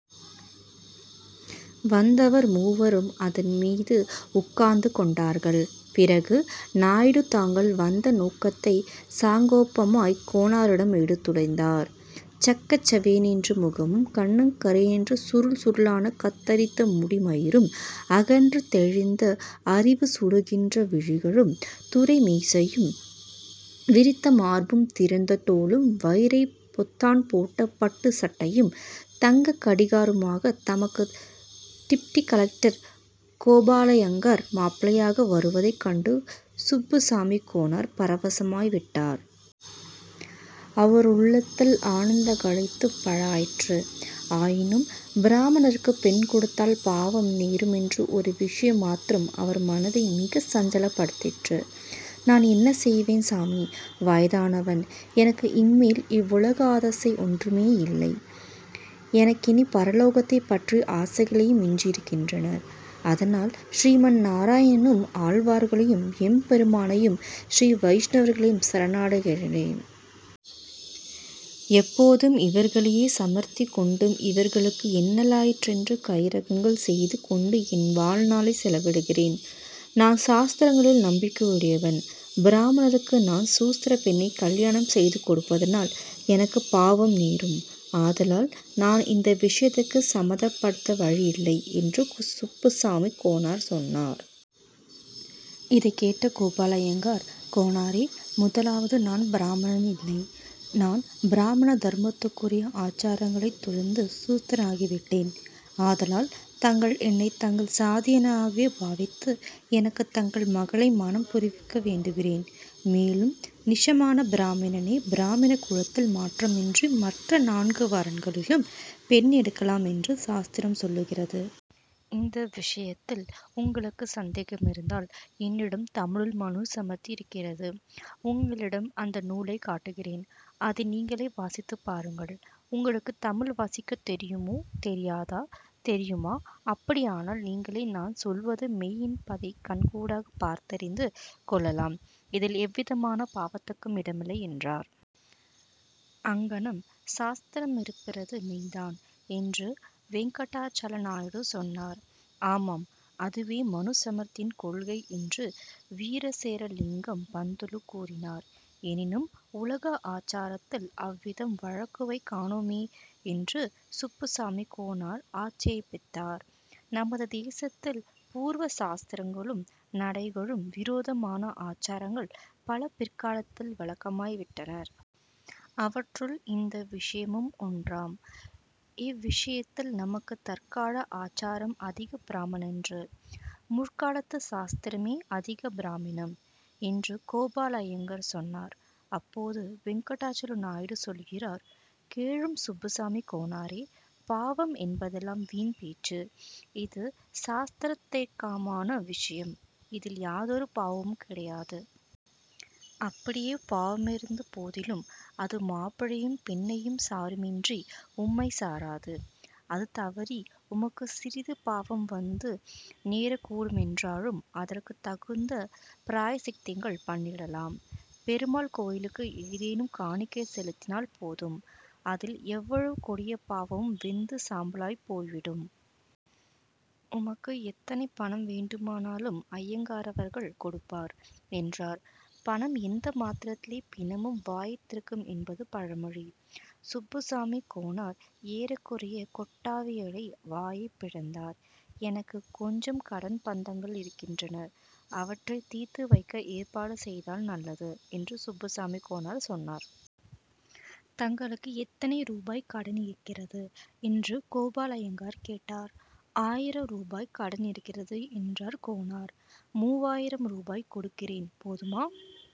வந்தவர் மூவரும் அதன்மீது உட்கார்ந்து கொண்டார்கள். பிறகு, நாயுடு தாங்கள் வந்த நோக்கத்தை சாங்கோபாங்கமாகக் கோனாரிடம் எடுத்துரைத்தார். செக்கச்செவேலென்ற முகமும் கன்னங்கரேலென்ற சுருள் சுருளான கத்தரித்த முடிமயிரும், அகன்ற தெளிந்த அறிவுசுடர்கின்ற விழிகளும், துருக்கமீசையும், விரித்த மார்பும் திரண்ட தோளும், வயிரப் பொத்தான் போட்ட பட்டுச் சட்டையும், தங்க கடிகாரமுமாகத் தமக்கு டிப்டி கலெக்டர் கோபாலய்யங்கார் மாப்பிள்ளையாக வருவதைக் கண்டு சுப்புசாமிக் கோனார் பரவசமாய் விட்டார். அவருள்ளத்தில் ஆனந்தக்களி ததும்பலாயிற்று. ஆயினும் பிராமணருக்கு பெண் கொடுத்தால் பாவம் நேருமென்ற ஒரு விஷயம் மாத்திரம் அவர்மனதை மிகச் சஞ்சலப்படுத்திற்று. ''நான் என்ன செய்வேன். சாமி? வயதானவன். எனக்கு இனிமேல் இவ்வுலகத்தாசை ஒன்றுமேயில்லை. எனக்கினிப் பரலோக்ததைப் பற்றிய ஆசைகளே மிஞ்சியிருக்கின்றன. அதனால் சிறீமந் நாராயணனையும் ஆழ்வார்களையும் எம்பெருமானாரையும் சிறீ வைஷ்ணவர்களையும் சரணாகதியடைந்திருக்கிறேன். எப்போதும் இவர்களையே ஸ்மரித்துக் கொண்டும் இவர்களுக்கு என்னாலியன்ற கைங்கர்யங்கள் செய்து கொண்டும் என் வாழ்நாளைச் செலவிடுகிறேன். நான் சாஸ்திரங்களில் நம்பிக்கையுடையவன். பிராமணருக்கு நான் சூத்திரப் பெண்ணைக் கலியாணம் செய்து கொடுப்பதனால் எனக்குப் பாவம் நேரும். ஆதலால், நான் இந்த விஷயத்துக்கு சம்மதப்பட வழியில்லை'' என்று சுப்புசாமிக் கோனார் சொன்னார். இதைக் கேட்டு கோபாலய்யங்கார்-''கோனாரே, முதலாவது, நான் பிராமணனில்லை. நான் பிராமண தர்மத்துக்குரிய ஆசாரங்களைத் துறந்து சூத்திரனாகிவிட்டேன். ஆதலால் தாங்கள் என்னைத் தங்கள் ஜாதியானாகவே பாவித்து, எனக்குத் தங்கள் மகளை மணம் புரிவிக்க வேண்டுகிறேன். மேலும் நிஷமான பிராமணனே பிராமண குலத்தில் மாத்திரமின்றி மற்ற நான்கு வர்ணங்களிலும் பெண்ணெடுக்கலாமென்று சாஸ்திரம் சொல்லுகிறது. இந்த விஷயத்தில் உங்களுக்கு சந்தேகமிருந்தால், என்னிடம் தமிழில் மனு ஸ்ம்ருதி இருக்கிறது; உங்களிடம் அந்த நூலைக் காட்டுகிறேன். அதை நீங்களே வாசித்துப் பாருங்கள். உங்களுக்குத் தமிழ் வாசிக்கத் தெரியுமோ, தெரியாதோ? தெரியுமா? அப்படியானால் நீங்கள் நான் சொல்வது மெய்யென்பதைக் கண்கூடாகப் பார்த்தறிந்து கொள்ளலாம். இதில் எவ்விதமான பாவத்துக்கும் இடமில்லை'' என்றார். ''அங்ஙனம் சாஸ்திரமிருப்பது மெய்தான்'' என்று வேங்கடாசல நாயுடு சொன்னார். ''ஆமாம்; அதுவே மனு ஸ்ம்ருதியின் கொள்கை'' என்று வீரேசலிங்கம் பந்துலு கூறினார். ''எனினும், உலக ஆசாரத்தில் அவ்விதம் வழங்குவதைக் காணோமே? '' என்று சுப்புசாமிக் கோனார் ஆட்சேபித்தார். ''நமது தேசத்தில் பூர்வ சாஸ்திரங்களுக்கும் நடைகளுக்கும் விரோதமான ஆசாரங்கள் பல பிற்காலத்தில் வழக்கமாய்விட்டன. அவற்றுள் இந்த விஷயமும் ஒன்றாம். இவ்ஷியத்தில் நமக்குத் தற்கால ஆசாரம் அதிகப் பிரமாணமன்று. முற்காலத்து சாஸ்திரமே அதிகப் பிரமாணம்'' என்று கோபாலய்யங்கார் சொன்னார். அப்போது வேங்கடாசல நாயுடு சொல்லுகிறார்:- ''கேளும், சுப்புசாமிக் கோனாரே! பாவம் என்பதெல்லாம் வீண் பேச்சு. இது சாஸ்த்ரோக்தமான விஷயம். இதில் யாதொரு பாவமும் கிடையாது. அப்படியே பாவமிருந்த போதிலும், அது மாப்பிள்ளையையும் பெண்ணையும் சாருமேயன்றி, உம்மைச் சாராது. அது தவறி, உமக்கும் சிறிது பாவம் வந்து நேரக்கூடுமென்றாலும், அதற்குத் தகுந்த பிராயச்சித்தங்கள் பண்ணிவிடலாம். பெருமாள் கோயிலுக்கு ஏதேனும் காணிக்கை செலுத்தினால் போதும். அதில் எவ்வளவு கொடிய பாவமும் வெந்து சாம்பலாய்ப் போய்விடும். உமக்கு எத்தனை பணம் வேண்டுமானாலும், அய்யங்காரவர்கள் கொடுப்பார்'' என்றார். பணம் என்ற மாத்திரத்திலே பிணமும் வாயைத் திறக்கும் என்பது பழமொழி. சுப்புசாமிக் கோனார் ஏறக்குறையக் கொட்டாவியளவுக்கு வாயைப் பிளந்தார். ''எனக்குக் கொஞ்சம் கடன் பந்தங்களும் இருக்கின்றன. அவற்றையுந் தீர்த்துவைக்க ஏற்பாடு செய்தால் நல்லது'' என்று சுப்புசாமிக் கோனார் சொன்னார். ''தங்களுக்கு எத்தனை ரூபாய்க்குக் கடன் இருக்கிறது? '' என்று கோபாலய்யங்கார் கேட்டார். ''ஆயிரம் ரூபாய் கடன் இருக்கிறது'' என்றார் கோனார். ''மூவாயிரம் ரூபாய் கொடுக்கிறேன்; போதுமா?